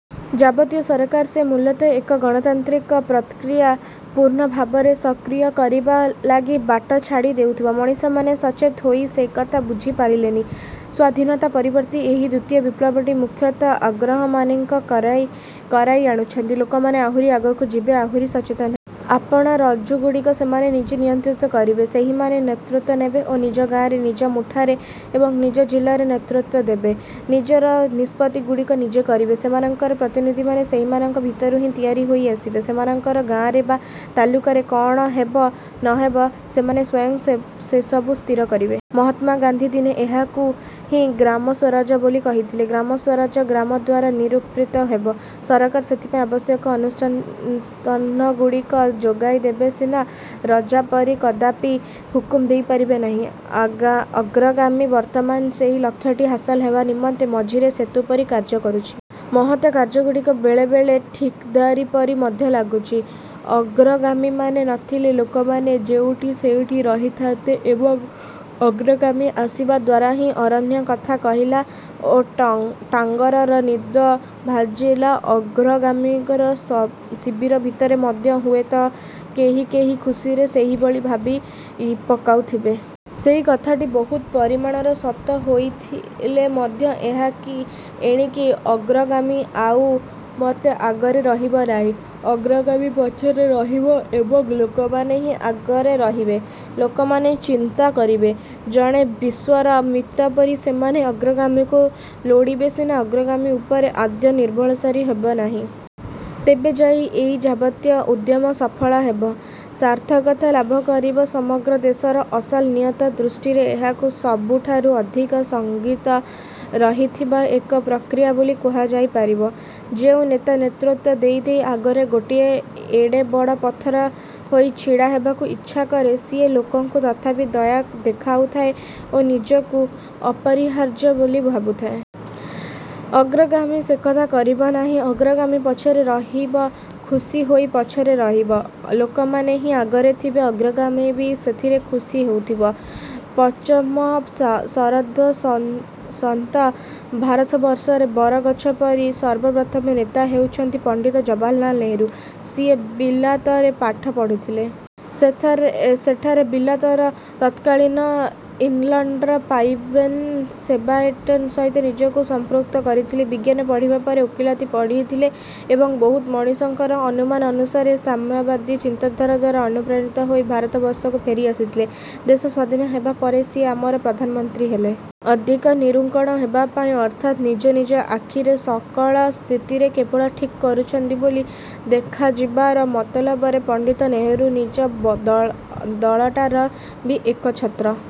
ଯାବତୀୟ ସରକାର ଯେ ମୂଳତଃ ଏକ ଗଣତାନ୍ତ୍ରିକ ପ୍ରକ୍ରିୟାକୁ ପୂର୍ଣ୍ଣ ଭାବରେ ସକ୍ରିୟ କରିବା ଲାଗି ବାଟ ଛାଡ଼ି ଦେଉଥିବ, ମଣିଷମାନେ ସଚେତ ହୋଇ ସେକଥା ବୁଝି ପାରିଲେଣି। ସ୍ୱାଧୀନତା ପରବର୍ତ୍ତୀ ଏହି ଦ୍ୱିତୀୟ ବିପ୍ଳବଟି ମୁଖତଃ ଅଗ୍ରଗାମୀମାନେ କରାଇ କରାଇ ଆଣୁଛନ୍ତି। ଲୋକମାନେ ଆହୁରି ଆଗକୁ ଯିବେ, ଆହୁରି ସଚେତନ ହେବେ। ଆପଣାର ରଜ୍ଜୁଗୁଡ଼ିକୁ ସେମାନେ ନିଜେ ନିୟନ୍ତ୍ରିତ କରିବେ। ସେହିମାନେ ନେତୃତ୍ୱ ନେବେ ଓ ନିଜ ଗାଆଁରେ, ନିଜ ମୁଠାରେ ଏବଂ ନିଜ ଜିଲ୍ଲାରେ ନେତୃତ୍ୱ ଦେବେ। ନିଜର ନିଷ୍ପତ୍ତିଗୁଡ଼ିକୁ ନିଜେ କରିବେ। ସେମାନଙ୍କର ପ୍ରତିନିଧିମାନେ ସେହିମାନଙ୍କ ଭିତରୁ ହିଁ ତିଆରି ହୋଇ ଆସିବେ। ସେମାନଙ୍କର ଗାଆଁରେ ବା ତାଲୁକାରେ କଣ ହେବ ନହେବ ସେମାନେ ସ୍ୱୟଂ ସେ ସେସବୁ ସ୍ଥିର କରିବେ। ମହାତ୍ମା ଗାନ୍ଧୀ ଦିନେ ଏହାକୁ ହିଁ ଗ୍ରାମସ୍ଵରାଜ୍ୟ ବୋଲି କହିଥିଲେ। ଗ୍ରାମସ୍ଵରାଜ୍ୟ ଗ୍ରାମ ଦ୍ୱାରା ନିରୂପିତ ହେବ। ସରକାର ସେଥିପାଇଁ ଆବଶ୍ୟକ ଆନୁସ୍ଥାନନ୍ ସ୍ଥନଗୁଡ଼ିକ ଯୋଗାଇଦେବ ସିନା ରଜା ପରି କଦାପି ହୁକୁମ ଦେଇ ପାରିବ ନାହିଁ। ଆଗା ଅଗ୍ରଗାମୀ ବର୍ତ୍ତମାନ ସେହି ଲକ୍ଷ୍ୟଟି ହାସଲ ହେବା ନିମନ୍ତେ ମଝିରେ ସେତୁ ପରି କାର୍ଯ୍ୟ କରୁଛି। ମହତ୍ କାର୍ଯ୍ୟଗୁଡ଼ିକ ବେଳେ ବେଳେ ଠିକଦାରୀ ପରି ମଧ୍ୟ ଲାଗୁଛି। ଅଗ୍ରଗାମୀମାନେ ନଥିଲେ ଲୋକମାନେ ଯେଉଠି ସେଇଠି ରହିଥାନ୍ତେ ଏବଂ ଅଗ୍ରଗାମୀ ଆସିବା ଦ୍ୱାରା ହିଁ ଅରଣ୍ୟ କଥା କହିଲା ଓ ଟାଙ୍ଗରର ନିଦ ଭାଜିଲା ଅଗ୍ରଗାମୀମାନଙ୍କର ଶିବିର ଭିତରେ ମଧ୍ୟ ହୁଏତ କେହି କେହି ଖୁସିରେ ସେହିଭଳି ଭାବି ପକାଉଥିବେ। ସେହି କଥାଟି ବୋହୁତ ପରିମାଣରେ ସତ ହୋଇଥିଲେ ମଧ୍ୟ ଏଣିକି ଅଗ୍ରଗାମୀ ଆଉ ମୋତେ ଆଗରେ ରହିବେ ନାହିଁ। ଅଗ୍ରଗାମୀ ପଛରେ ରହିବ ଏବଂ ଲୋକମାନେ ହିଁ ଆଗରେ ରହିବେ। ଲୋକମନେ ଚିନ୍ତା କରିବେ। ଜଣେ ବିଶ୍ୱର ମିତ ପରି ସେମାନେ ଅଗ୍ରଗାମୀକୁ ଲୋଡ଼ିବେ ସିନା, ଅଗ୍ରଗାମୀ ଉପରେ ଆଦୌ ନିର୍ଭରଶୀଳ ହେବେନାହିଁ। ତେବେଯାଇ ଏଇ ଯାବତୀୟ ଉଦ୍ୟମ ସଫଳ ହେବ, ସାର୍ଥକତା ଲାଭ କରିବ ସମଗ୍ର ଦେଶର ଅସଲ ନିୟତ ଦୃଷ୍ଟିରୁ ଏହାକୁ ସବୁଠାରୁ ଅଧିକ ସଂଙ୍ଗୀତ ରହିଥିବା ଏକ ପ୍ରକ୍ରିୟା ବୋଲି କୁହାଯାଇ ପାରିବ। ଯେଉଁ ନେତା ନେତୃତ୍ୱ ଦେଇ ଦେଇ ଆଗରେ ଗୋଟାଏ ଏଡ଼େ ବଡ଼ ପଥର ହୋଇ ଛିଡ଼ା ହେବାକୁ ଇଚ୍ଛା କରେ ସିଏ ଲୋକଙ୍କୁ ତଥାପି ଦୟା ଦେଖାଉଥାଏ ଓ ନିଜକୁ ଅପରିହାର୍ଯ୍ୟ ବୋଲି ଭାବୁଥାଏ। ଅଗ୍ରଗାମୀ ସେକଥା କରିବ ନାହିଁ, ଅଗ୍ରଗାମୀ ପଛରେ ରହିବ ଖୁସି ହୋଇ ପଛରେ ରହିବ, ଲୋକମାନେ ହିଁ ଆଗରେ ଥିବେ ଅଗ୍ରଗାମୀ ବି ସେଥିରେ ଖୁସି ହୋଉଥିବ। ପଞ୍ଚମ ଶ୍ ସନ୍ତ୍ଵ ଶ୍ ଶତ୍ୱ ଭାରତବର୍ଷରେ ବରଗଛ ପରି ସର୍ବପ୍ରଥମ ନେତା ହେଉଛନ୍ତି ପଣ୍ଡିତ ଜବାହରଲାଲ ନେହରୁ। ସିଏ ବିଲାତରେ ପାଠ ପଢ଼ୁଥିଲେ । ସେଥାରେ ଏଁ ସେଠାରେ ବିଲାତର ତତ୍କାଳୀନ ଇଂଲଣ୍ଡର ପାଂଇବେନ୍ ସେବାଇଟେନ୍ ସହିତ ନିଜକୁ ସମ୍ପୃକ୍ତ କରିଥିଲେ, ବିଜ୍ଞାନ ପଢିବା ପରେ ଓକିଲାତି ପଢ଼ିଥିଲେ ଏବଂ ବହୁତ ମଣିଷଙ୍କର ଅନୁମାନ ଅନୁସାରେ ସାମ୍ୟବାଦୀ ଚିନ୍ତାଧାରା ଦ୍ୱାରା ଅନୁପ୍ରାଣିତ ହୋଇ ଭାରତବର୍ଷକୁ ଫେରି ଆସିଥିଲେ। ଦେଶ ସ୍ୱାଧୀନ ହେବା ପରେ ସିଏ ଆମର ପ୍ରଧାନମନ୍ତ୍ରୀ ହେଲେ। ଅଧିକ ନିରଙ୍କୁଣ ହେବା ପାଇଁ ଅର୍ଥାତ୍ ନିଜେ ନିଜ ଆଖିରେ ସକଳ ସ୍ଥିତିରେ କେବଳ ଠିକ୍ କରୁଛନ୍ତି ବୋଲି ଦେଖାଯିବାର ମତଲବରେ ପଣ୍ଡିତ ନେହରୁ ନିଜ ବଦଳ ଦଳଟାର ବି ଏକଚ୍ଛତ୍ର